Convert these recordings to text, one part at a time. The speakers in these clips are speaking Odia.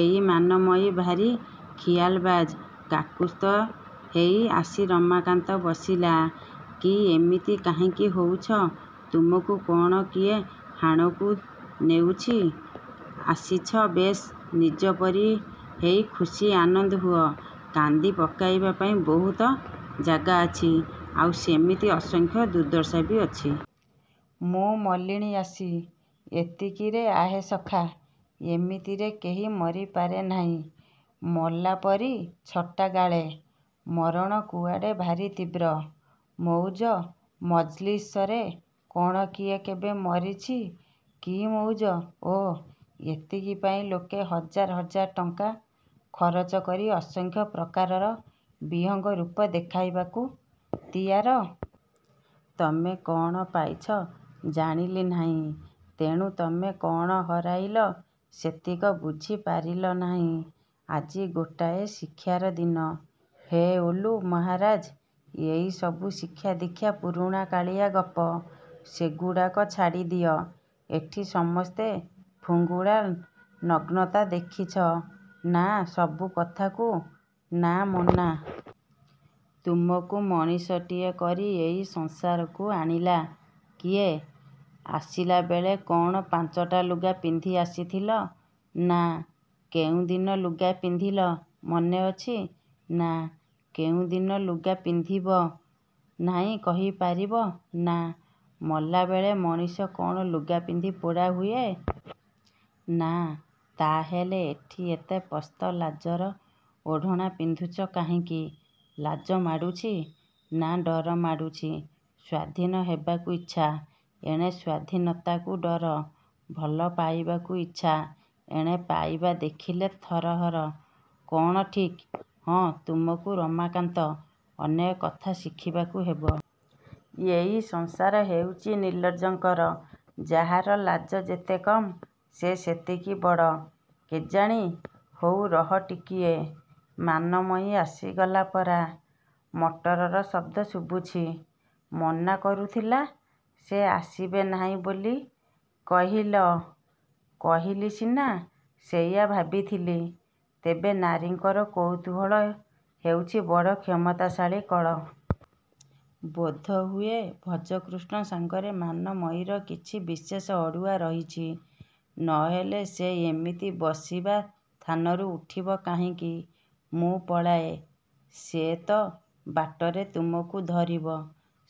ଏଇ ମାନମୟୀ ଭାରି ଖିଆଲବାଜ୍। କାକୁସ୍ଥ ହେଇ ଆସି ରମାକାନ୍ତ ବସିଲା। -କି, ଏମିତି କାହିଁକି ହଉଛ? ତୁମକୁ କ'ଣ କିଏ ହାଣକୁ ନେଉଛି? ଆସିଛ-ବେଶ୍ ନିଜ ପରି ହେଇ ଖୁସି ଆନନ୍ଦ ହୁଅ। କାନ୍ଦିବା ସକେଇବା ପାଇଁ ବହୁତ ଜାଗା ଅଛି। ଆଉ ସେମିତି ଅସଂଖ୍ୟ ଦୁର୍ଦ୍ଦଶା ବି ଅଛି। -ମୁଁ ମଲିଣି ଆସି। -ଏତିକିରେ? ଆହେ ସଖା, ଏମିତିରେ କେହି ମରିପାରେ ନାହିଁ। ମଲା ପରି ଛଟା ଗାଳେ। ମରଣ କୁଆଡ଼େ ଭାରି ତୀବ୍ର। ମଉଜ ମଜ୍ଲିସରେ କ'ଣ କିଏ କେବେ ମରିଛି? -କି ମଉଜ? -ଓ? ଏତିକି ପାଇଁ ଲୋକେ ହଜାର ହଜାର ଟଙ୍କା ଖରଚ କରି ଅସଂଖ୍ୟ ପ୍ରକାରର ବିଭଙ୍ଗ ରୂପ ଦେଖାଇବାକୁ ତିଆର। ତମେ କ'ଣ ପାଇଛ ଜାଣିଲି ନାହିଁ। ତେଣୁ ତମେ କ'ଣ ହରାଇଲ-ସେତକ ବୁଝି ପାରିଲ ନାହିଁ। -ଆଜି ଗୋଟାଏ ଶିକ୍ଷାର ଦିନ। -ହେ, ଓଲୁ ମହାରାଜ, ଏଇସବୁ ଶିକ୍ଷାଦୀକ୍ଷା ପୁରୁଣା-କାଳିଆ ଗପ। ସେଗୁଡ଼ାକ ଛାଡ଼ିଦିଅ। ଏଠି ସମସ୍ତେ ଫୁଙ୍ଗୁଳା-ନଗ୍ନତା ଦେଖିଛ? -ନା। -ସବୁ କଥାକୁ ନା-ମନା। ତୁମକୁ ମଣିଷଟିଏ କରି ଏଇ ସଂସାରକୁ ଆଣିଲା କିଏ? ଆସିଲା ବେଳେ କ'ଣ ପାଞ୍ଚଟା ଲୁଗା ପିନ୍ଧି ଆସିଥିଲ? -ନା। -କେଉଁଦିନ ଲୁଗା ପିନ୍ଧିଲ ମନେ ଅଛି? -ନା। -କେଉଁଦିନ ଲୁଗା ପିନ୍ଧିବ ନାହିଁ କହି ପାରିବ? -ନା। -ମଲାବେଳେ ମଣିଷ କ'ଣ ଲୁଗା ପିନ୍ଧି ପୋଡ଼ା ହୁଏ। -ନା। -ତାହାହେଲେ ଏଠି ଏତେ ପ୍ରସ୍ତ ଲାଜର ଓଢ଼ଣା ପିନ୍ଧୁଛ କାହିଁକି? -ଲାଜ ମାଡ଼ୁଛି। -ନା, ଡର ମାଡ଼ୁଛି? ସ୍ୱାଧୀନ ହେବାକୁ ଇଚ୍ଛା। ଏଣେ ସ୍ୱାଧୀନତାକୁ ଡର। ଭଲ ପାଇବାକୁ ଇଚ୍ଛା-ଏଣେ ପାଇବା ଦେଖିଲେ ଥରହର। -କ'ଣ ଠିକ୍? -ହଁ। -ତୁମକୁ ରମାକାନ୍ତ, ଅନେକ କଥା ଶିଖିବାକୁ ହେବ। ଏଇ ସଂସାର ହେଉଛି ନିର୍ଲଜଙ୍କର। ଯାହାର ଲାଜ ଯେତେ କମ୍, ସେ ସେତିକି ବଡ଼। -କେଜାଣି। -ହଉ ରହ ଟିକିଏ। ମାନମୟୀ ଆସିଗଲା ପରା। ମଟରର ଶବ୍ଦ ଶୁଭୁଛି। -ମନା କରୁଥିଲ। ସେ ଆସିବେ ନାହିଁ ବୋଲି କହିଲ। -କହିଲି ସିନା। ସେଇଆ ଭାବିଥିଲି। ତେବେ ନାରୀଙ୍କର କୌତୂହଳ ହେଉଛି ବଡ଼ କ୍ଷମତାଶାଳୀ କଳ। ବୋଧହୁଏ ଭଜକୃଷ୍ଣ ସାଙ୍ଗରେ ମାନମୟୀର କିଛି ବିଶେଷ ଅଡ଼ୁଆ ରହିଛି-। ନ ହେଲେ ସେ ଏମିତି ବସିବା ଥାନରୁ ଉଠିବ କାହିଁକି? -ମୁଁ ପଳାଏଁ। -ସେ ତ ବାଟରେ ତୁମକୁ ଧରିବ।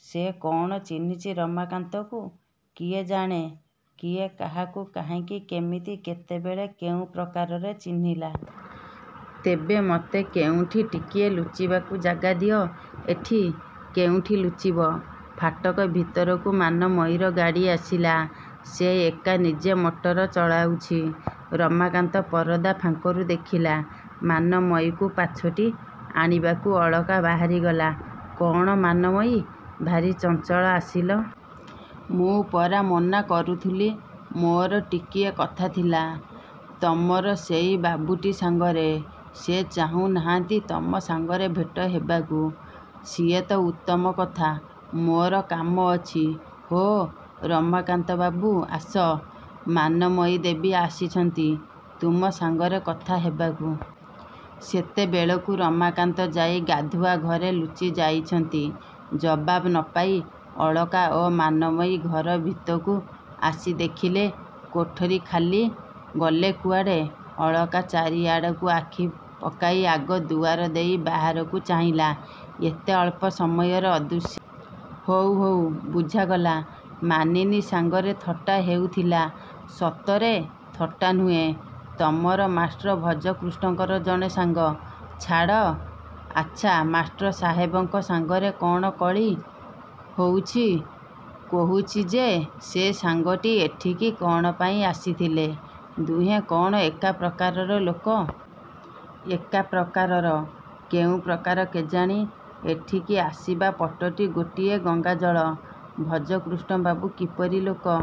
-ସେ କ'ଣ ଚିହ୍ନିଛି ରମାକାନ୍ତକୁ? -କିଏ ଜାଣେଁ? କିଏ କାହାକୁ କାହିଁକି କେମିତି କେତେବେଳେ କେଉଁ ପ୍ରକାରରେ ଚିହ୍ନିଲା? -ତେବେ ମତେ କେଉଁଠି ଟିକିଏ ଲୁଚିବାକୁ ଜାଗା ଦିଅ। -ଏଠି? କେଉଁଠି ଲୁଚିବ? -ଫାଟକ ଭିତରକୁ ମାନମୟୀର ଗାଡ଼ି ଆସିଲା-ସେ ଏକା-ନିଜେ ମଟର ଚଳାଉଛି। ରମାକାନ୍ତ ପରଦା ଫାଙ୍କରୁ ଦେଖିଲା। ମାନମୟୀକୁ ପାଛୋଟି ଆଣିବାକୁ ଅଳକା ବାହାରି ଗଲା। -କ'ଣ ମାନମୟୀ? ଭାରି ଚଞ୍ଚଳ ଆସିଲ? ମୁଁ ପରା ମନା କରୁଥିଲି। -ମୋର ଟିକିଏ କଥାଥିଲା। ତମର ସେଇ ବାବୁଟି' ସାଙ୍ଗରେ। -ସେ ଚାହୁଁ ନାହାନ୍ତି ତମ ସାଙ୍ଗରେ ଭେଟ ହେବାକୁ। -ସିଏ ତ ଉତ୍ତମ କଥା। ମୋର କାମ ଅଛି। -ହୋ, ରମାକାନ୍ତବାବୁ, ଆସ। ମାନମୟୀ ଦେବୀ ଆସିଛନ୍ତି ତୁମ ସାଙ୍ଗରେ କଥା ହେବାକୁ। ସେତେବେଳକୁ ରମାକାନ୍ତ ଯାଇ ଗାଧୁଆଘରେ ଲୁଚି ଯାଇଛନ୍ତି। ଜବାବ ନ ପାଇ ଅଳକା ଓ ମାନମୟୀ ଘର ଭିତକୁ ଆସି ଦେଖିଲେ କୋଠରୀ ଖାଲି। -ଗଲେ କୁଆଡ଼େ? -ଅଳକା ଚାରିଆଡ଼କୁ ଆଖି ପକାଇ ଆଗ ଦୁଆର ଦେଇ ବାହାରକୁ ଚାହିଁଲା। ଏତେ ଅଳ୍ପ ସମୟରେ ଅଦୃଶ୍ୟ। -ହଉ, ହଉ ବୁଝାଗଲା। ମାନିନୀ ସାଙ୍ଗରେ ଥଟ୍ଟା ହେଉଥିଲା। -ସତରେ। ଥଟ୍ଟା ନୁହେଁ। ତମର ମାଷ୍ଟ୍ର ଭଜକୃଷ୍ଣଙ୍କର ଜଣେ ସାଙ୍ଗ। -ଛାଡ଼। -ଆଚ୍ଛା, ମାଷ୍ଟର ସାହେବଙ୍କ ସାଙ୍ଗରେ କ'ଣ କଳି ହୋଇଛି? -କହୁଛି ଯେ। ସେ ସାଙ୍ଗଟି ଏଠିକି କ'ଣ ପାଇଁ ଆସିଥିଲେ? ଦିହେଁ କ'ଣ ଏକା ପ୍ରକାରର ଲୋକ? -ଏକା ପ୍ରକାରର? କେଉଁ ପ୍ରକାର କେଜାଣି? ଏଠିକି ଆସିବା ପଟଟି ଗୋଟିଏ-ଗଙ୍ଗାଜଳ। ଭଜକୃଷ୍ଣବାବୁ କିପରି ଲୋକ?